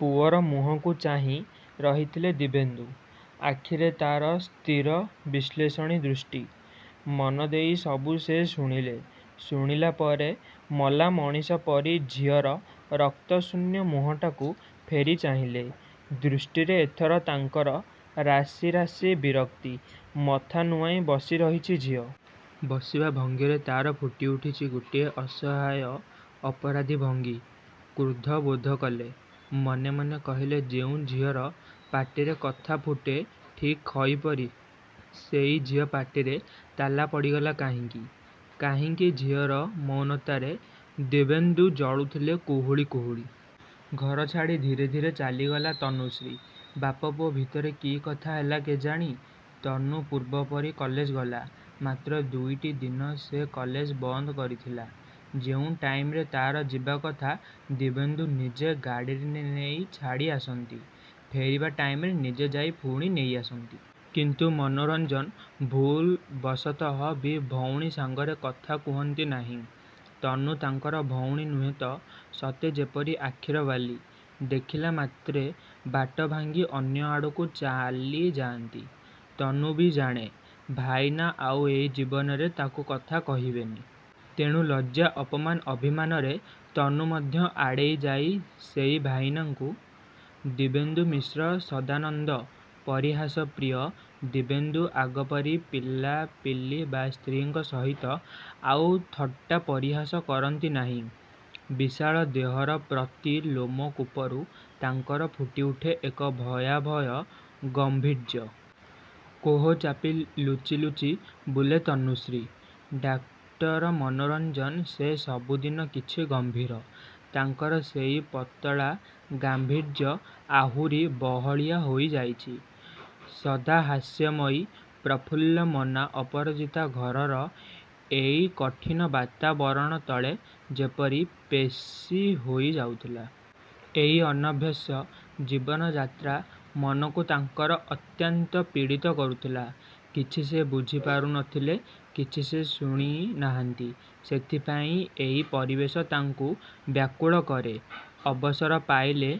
ପୁଅର ମୁହଁକୁ ଚାହିଁ ରହିଥିଲେ ଦିବ୍ୟେନ୍ଦୁ। ଆଖିରେ ତାଙ୍କର ସ୍ଥିର ବିଶ୍ଳେଷଣୀ ଦୃଷ୍ଟି। ମନଦେଇ ସବୁ ସେ ଶୁଣିଲେ। ଶୁଣିଲା ପରେ ମଲା ମଣିଷ ପରି ଝିଅର ରକ୍ତଶୂନ୍ୟ ମୁହଁଟାକୁ ଫେରି ଚାହିଁଲେ। ଦୃଷ୍ଟିରେ ଏଥର ତାଙ୍କର ରାଶି ରାଶି ବିରକ୍ତି। ମଥା ନୁଆଁଇ ବସି ରହିଛି ଝିଅ। ବସିବା ଭଙ୍ଗୀରେ ତା'ର ଫୁଟି ଉଠିଛି ଗୋଟିଏ ଅସହାୟ ଅପରାଧୀ ଭଙ୍ଗୀ। କୃଦ୍ଧ ବୋଧ କଲେ। ମନେ ମନେ କହିଲେ ଯେଉଁ ଝିଅର ପାଟିରେ କଥା ଫୁଟେ ଠିକ୍ ଖଇ ପରି, ସେଇ ଝିଅ ପାଟିରେ ତାଲା ପଡ଼ିଗଲା କାହିଁକି! କାହିଁକି! ଝିଅର ମୌନତାରେ ଦିବ୍ୟେନ୍ଦୁ ଜଳୁଥିଲେ କୁହୁଳି କୁହୁଳି। ଘର ଛାଡ଼ି ଧୀରେ ଧୀରେ ଚାଲିଗଲା ତନୁଶ୍ରୀ। ବାପ ପୁଅ ଭିତରେ କି କଥା ହେଲା କେଜାଣି, ତନୁ ପୂର୍ବପରି କଲେଜ ଗଲା। ମାତ୍ର ଦୁଇଟି ଦିନ ସେ କଲେଜ ବନ୍ଦ କରିଥିଲା। ଯେଉଁ ଟାଇମ୍‌ରେ ତା'ର ଯିବା କଥା ଦିବ୍ୟେନ୍ଦୁ ନିଜେ ଗାଡ଼ିରେ ନେଇ ଛାଡ଼ି ଆସନ୍ତି, ଫେରିବା ଟାଇମ୍‌ରେ ନିଜେ ଯାଇ ପୁଣି ନେଇ ଆସନ୍ତି। କିନ୍ତୁ ମନୋରଞ୍ଜନ, ଭୁଲବଶତଃ ବି ଭଉଣୀ ସାଙ୍ଗରେ କଥା କୁହନ୍ତି ନାହିଁ। ତନୁ ତାଙ୍କର ଭଉଣୀ ନୁହେଁ ତ ସତେଯେପରି ଆଖିର ବାଲି। ଦେଖିଲା ମାତ୍ରେ ବାଟ ଭାଙ୍ଗି ଅନ୍ୟ ଆଡ଼କୁ ଚାଲି ଯାଆନ୍ତି। ତନୁ ବି ଜାଣେ, ଭାଇନା ଆଉ ଏ ଜୀବନରେ ତାକୁ କଥା କହିବେନି। ତେଣୁ ଲଜ୍ଜା, ଅପମାନ, ଅଭିମାନରେ ତନୁ ମଧ୍ୟ ଆଡ଼େଇ ଯାଏ ସେଇ ଭାଇନାଙ୍କୁ। ଦିବ୍ୟେନ୍ଦୁ ମିଶ୍ର ସଦାନନ୍ଦ, ପରିହାସପ୍ରିୟ ଦିବ୍ୟେନ୍ଦୁ ଆଗପରି ପିଲାପିଲି ବା ସ୍ତ୍ରୀଙ୍କ ସହିତ ଆଉ ଥଟ୍ଟା ପରିହାସ କରନ୍ତି ନାହିଁ। ବିଶାଳ ଦେହର ପ୍ରତି ଲୋମକୂପରୁ ତାଙ୍କର ଫୁଟି ଉଠେ ଏକ ଭୟାଭୟ ଗାମ୍ଭୀର୍ଯ୍ୟ। କୋହ ଚାପି ଲୁଚି ଲୁଚି ବୁଲେ ତନୁଶ୍ରୀ। ଡାକ୍ତର ମନୋରଞ୍ଜନ, ସେ ସବୁଦିନ କିଛି ଗମ୍ଭୀର। ତାଙ୍କର ସେଇ ପତଳା ଗାମ୍ଭୀର୍ଯ୍ୟ ଆହୁରି ବହଳିଆ ହୋଇ ଯାଇଛି। ସଦା ହାସ୍ୟମୟୀ, ପ୍ରଫୁଲ୍ଲମନା ଅପରାଜିତା ଘରର ଏଇ କଠିନ ବାତାବରଣ ତଳେ ଯେପରି ପେଷି ହୋଇ ଯାଉଥିଲେ। ଏଇ ଅନଭ୍ୟାସ ଜୀବନଯାତ୍ରା ମନକୁ ତାଙ୍କର ଅତ୍ୟନ୍ତ ପୀଡ଼ିତ କରୁଥିଲା। କିଛି ସେ ବୁଝି ପାରୁ ନଥିଲେ। କିଛି ସେ ଶୁଣି ନାହାନ୍ତି। ସେଇଥିପାଇଁ ଏଇ ପରିବେଶ ତାଙ୍କୁ ବ୍ୟାକୁଳ କରେ। ଅବସର ପାଇଲେ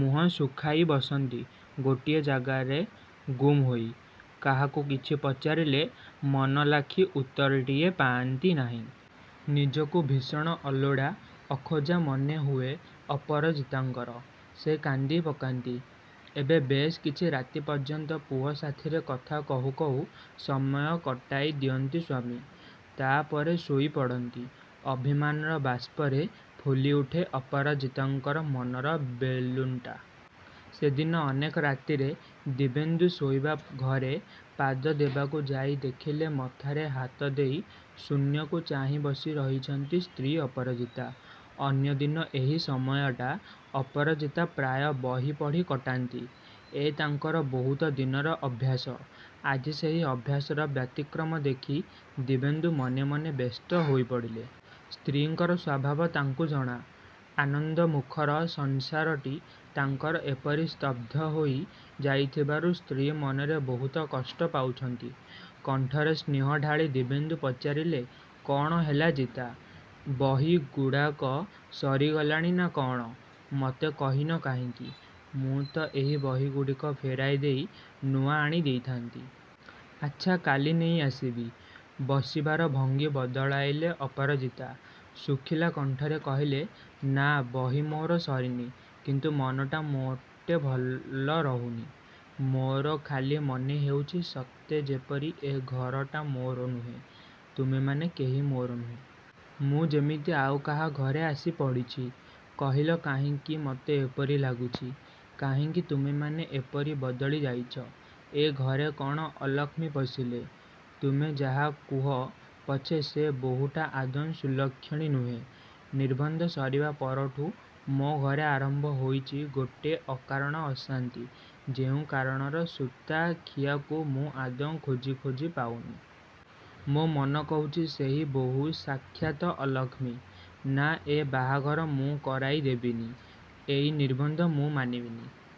ମୁହଁ ଶୁଖାଇ ବସନ୍ତି ଗୋଟିଏ ଜାଗାରେ ଗୁମ୍ ହୋଇ। କାହାକୁ କିଛି ପଚାରିଲେ ମନଲାଖି ଉତ୍ତରଟିଏ ପାଆନ୍ତି ନାହିଁ। ନିଜକୁ ଭୀଷଣ ଅଲୋଡ଼ା, ଅଖୋଜା ମନେ ହୁଏ ଅପରାଜିତାଙ୍କର। ସେ କାନ୍ଦି ପକାନ୍ତି। ଏବେ ବେଶ୍ କିଛି ରାତି ପର୍ଯ୍ୟନ୍ତ ପୁଅ ସାଥିରେ କଥା କହୁ କହୁ ସମୟ କଟାଇ ଦିଅନ୍ତି ସ୍ୱାମୀ। ତା' ପରେ ଶୋଇ ପଡ଼ନ୍ତି। ଅଭିମାନର ବାଷ୍ପରେ ଫୁଲି ଉଠେ ଅପରାଜିତାଙ୍କର ମନର ବେଲୁନ୍‌ଟା। ସେଦିନ ଅନେକ ରାତିରେ ଦିବ୍ୟେନ୍ଦୁ ଶୋଇବା ଘରେ ପାଦ ଦେବାକୁ ଯାଇ ଦେଖିଲେ ମଥାରେ ହାତ ଦେଇ ଶୂନ୍ୟକୁ ଚାହିଁ ବସି ରହିଛନ୍ତି ସ୍ତ୍ରୀ ଅପରାଜିତା। ଅନ୍ୟଦିନ ଏହି ସମୟଟା ଅପରାଜିତା ପ୍ରାୟ ବହି ପଢ଼ି କଟାନ୍ତି। ଏ ତାଙ୍କର ବହୁତ ଦିନର ଅଭ୍ୟାସ। ଆଜି ସେହି ଅଭ୍ୟାସର ବ୍ୟତିକ୍ରମ ଦେଖି ଦିବ୍ୟେନ୍ଦୁ ମନେ ମନେ ବ୍ୟସ୍ତ ହୋଇ ପଡ଼ିଲେ। ସ୍ତ୍ରୀଙ୍କର ସ୍ୱଭାବ ତାଙ୍କୁ ଜଣା। ଆନନ୍ଦମୁଖର ସଂସାରଟି ତାଙ୍କର ଏପରି ସ୍ତବ୍ଧ ହୋଇ ଯାଇଥିବାରୁ ସ୍ତ୍ରୀ ମନରେ ବହୁତ କଷ୍ଟ ପାଉଛନ୍ତି। କଣ୍ଠରେ ସ୍ନେହ ଢାଳି ଦିବ୍ୟେନ୍ଦୁ ପଚାରିଲେ କ'ଣ ହେଲା ଜିତା? ବହିଗୁଡ଼ାକ ସରିଗଲାଣି ନା କ'ଣ? ମତେ କହିନ କାହିଁକି? ମୁଁ ତ ଏହି ବହିଗୁଡ଼ିକ ଫେରାଇ ଦେଇ ନୂଆ ଆଣି ଦେଇଥାଆନ୍ତି। ଆଚ୍ଛା, କାଲି ନେଇ ଆସିବି। ବସିବାର ଭଙ୍ଗୀ ବଦଳାଇଲେ ଅପରାଜିତା। ଶୁଖିଲା କଣ୍ଠରେ କହିଲେ ନା ବହି ମୋର ସରିନି, କିନ୍ତୁ ମନଟା ମୋଟେ ଭଲ ରହୁନି। ମୋର ଖାଲି ମନେ ହେଉଛି ସତେଯେପରି ଏ ଘରଟା ମୋର ନୁହେଁ, ତୁମେମାନେ କେହି ମୋର ନୁହଁ। ମୁଁ ଯେମିତି ଆଉ କାହା ଘରେ ଆସି ପଡ଼ିଛି। କହିଲ କାହିଁକି ମତେ ଏପରି ଲାଗୁଛି? କାହିଁକି ତୁମେମାନେ ଏପରି ବଦଳି ଯାଇଛ? ଏ ଘରେ କ'ଣ ଅଲକ୍ଷ୍ମୀ ପଶିଲେ? ତୁମେ ଯାହା କୁହ ପଛେ ସେ ବୋହୂଟା ଆଦୌ ସୁଲକ୍ଷଣୀ ନୁହେଁ। ନିର୍ବନ୍ଧ ସରିବା ପରଠୁ ମୋ ଘରେ ଆରମ୍ଭ ହୋଇଛି ଗୋଟେ ଅକାରଣ ଅଶାନ୍ତି ଯେଉଁ କାରଣର ସୂତାଖିଅକୁ ମୁଁ ଆଦୌ ଖୋଜି ଖୋଜି ପାଉନି। ମୋ ମନ କହୁଛି ସେହି ବୋହୂ ସାକ୍ଷାତ ଅଲକ୍ଷ୍ମୀ। ନା ଏ ବାହାଘର ମୁଁ କରାଇ ଦେବିନି। ଏଇ ନିର୍ବନ୍ଧ ମୁଁ ମାନିବିନି।